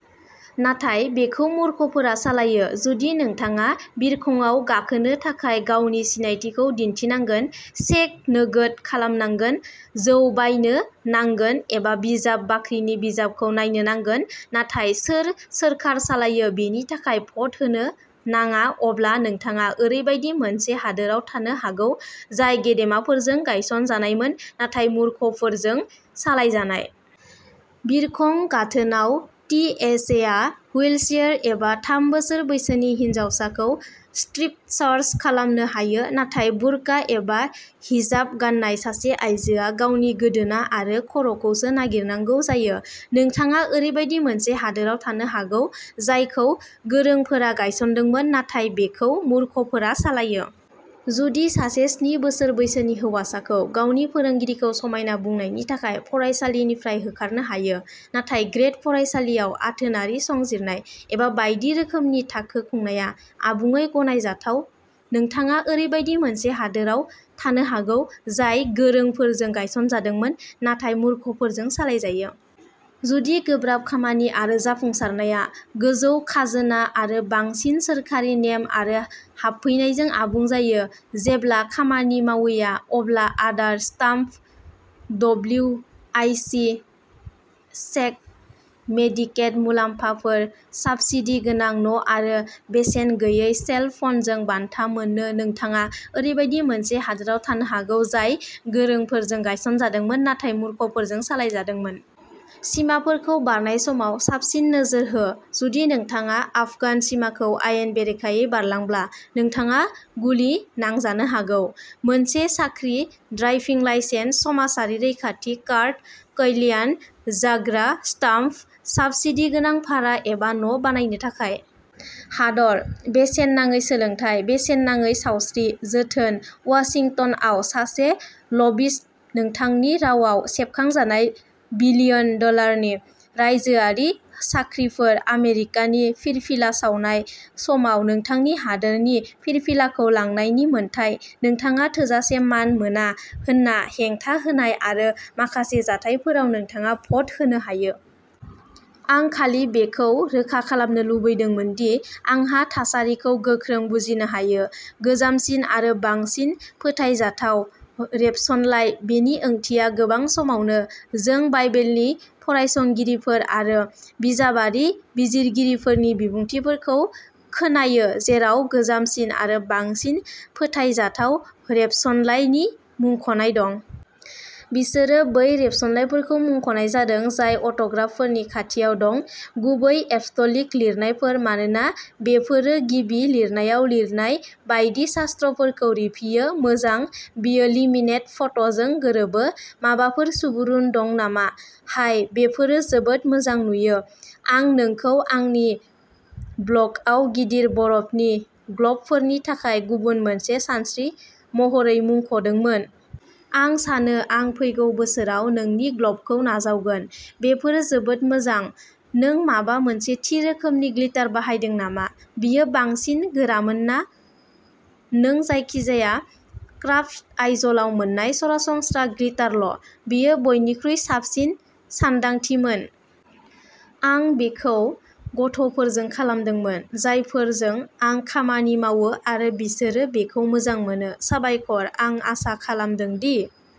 नाथाय बेखौ मूर्खफोरा सालायो। जुदि नोंथाङा बिरखंआव गाखोनो थाखाय गावनि सिनायथिखौ दिन्थिनांगोन, चेक नोगोद खालामनांगोन, जौ बायनो नांगोन, एबा बिजाब बाख्रिनि बिजाबखौ नायनो नांगोन, नाथाय सोर सोरखार सालायो बेनि थाखाय भ'ट होनो नाङा-अब्ला नोंथाङा ओरैबायदि मोनसे हादोरआव थानो हागौ, जाय गेदेमाफोरजों गायसनजानायमोन नाथाय मूर्खफोरजों सालायजानाय। बिरखं गाथोनाव टिएसएआ हुइलचेयार एबा थाम बोसोर बैसोनि हिनजावखौ स्ट्रिप-सार्च खालामनो हायो, नाथाय बुरका एबा हिजाब गान्नाय सासे आइजोआ गावनि गोदोना आरो खर'खौसो नागिरनांगौ जायो-नोंथाङा ओरैबायदि मोनसे हादोरआव थानो हागौ, जायखौ गोरोंफोरा गायसनदोंमोन नाथाय बेखौ मूर्खफोरा सालायो। जुदि सासे स्नि बोसोर बैसोनि हौवासाखौ गावनि फोरोंगिरिखौ "समायना" बुंनायनि थाखाय फरायसालिनिफ्राय होखारनो हायो, नाथाय ग्रेड फरायसालियाव आथोनारि संजिरनाय एबा बायदि रोखोमनि थाखो खुंनाया आबुङै गनायजाथाव-नोंथाङा ओरैबायदि मोनसे हादोरआव थानो हागौ, जाय गोरोंफोरजों गायसनजादोंमोन नाथाय मूर्खफोरजों सालायजायो। जुदि गोब्राब खामानि आरो जाफुंसारनाया गोजौ खाजोना आरो बांसिन सोरखारि नेम आरो हाबफैनायजों आबुं जायो, जेब्ला खामानि मावैया, अब्ला आदार स्टाम्प, डब्लिउआइसि चेक, मेडिकेड मुलाम्फाफोर, साब्सिडी गोनां न'आरो बेसेन गैयै सेल फ'नजों बान्था मोनो-नोंथाङा ओरैबायदि मोनसे हादोरआव थानो हागौ, जाय गोरोंफोरजों गायसनजादोंमोन नाथाय मूर्खफोरजों सालायजादोंमोन। सिमाफोरखौ बारनाय समाव साबसिन नोजोर हो! जुदि नोंथाङा आफगान सिमाखौ आयेन बेरेखायै बारलांब्ला, नोंथाङा गुलि नांजानो हागौ।... मोनसे साख्रि, ड्राइभिं लाइसेन्स, समाजारि रैखाथि कार्ड, कल्याण, जाग्रा स्टाम्प, साब्सिडी गोनां भारा एबा न'बायनो थाखाय दाहार, बेसेन नाङै सोलोंथाय, बेसेन नाङै सावस्रि जोथोन, वाशिंटनआव सासे लबिस्ट, नोंथांनि रावाव सेबखांजानाय बिलियन डलारनि रायजोआरि खाख्रिफोर, आमेरिकानि फिरफिला सावनाय समाव नोंथांनि हादोरनि फिरफिलाखौ लांनायनि मोन्थाइ, नोंथाङा थोजासे मान मोना होनना हेंथा होनाय, आरो माखासे जाथायफोराव, नोंथाङा भ'ट होनो हायो। आं खालि बेखौ रोखा खालामनो लुगैदोंमोन दि आंहा थासारिखौ गोख्रों बुजिनो हायो! "गोजामसिन आरो बांसिन फोथायजाथाव रेबसनलाइ" नि ओंथिया मा? गोबां समावनो जों बाइबेलनि फरायसंगिरिफोर आरो बिजाबारि बिजिरगिरिफोरनि बिबुंथिफोरखौ खोनायो जेराव "गोजामसिन आरो बांसिन फोथायजाथाव रेबसनलाइ" नि मुंख'नाय दं। बिसोरो बै रेबसनलाइफोरखौ मुंख'नाय जादों जाय अट'ग्राफफोरनि खाथियाव दं-गुबै एप'स्टलिक लिरनायफोर-मानोना बेफोरो गिबि लिरनायाव लिरनाय बायदि शास्त्रफोरखौ रिफियो। मोजां, बेयो लेमिनेटेड फट'जों गोरोबो। माबाफोर सुबुरुन दं नामा? हाय, बेफोर जोबोद मोजां नुयो। आं नोंखौ आंनि ब्ल'गआव गिदिर बरफनि ग्ल'बफोरनि थाखाय गुबुन मोनसे सानस्रि महरै मुंख'दोंमोन। आं सानो आं फैगौ बोसोराव नोंनि ग्ल'बखौ नाजावगोन। बेफोर जोबोद मोजां!!! नों माबा मोनसे थि रोखोमनि ग्लिटार बाहायदों नामा? बेयो बांसिन गोरामोन ना नों जायखिजाया क्राफ्ट आइजलाव मोननाय सरासनस्रा ग्लिटारल'? बेयो बयनिख्रुइ साबसिन सानदांथिमोन!! आं बेखौ बै गथ'फोरजों खालामदोंमोन, जायफोरजों आं खामानि मावो आरो बिसोर बेखौ मोजां मोनो!! साबायखर!! आं आसा खालामदों दि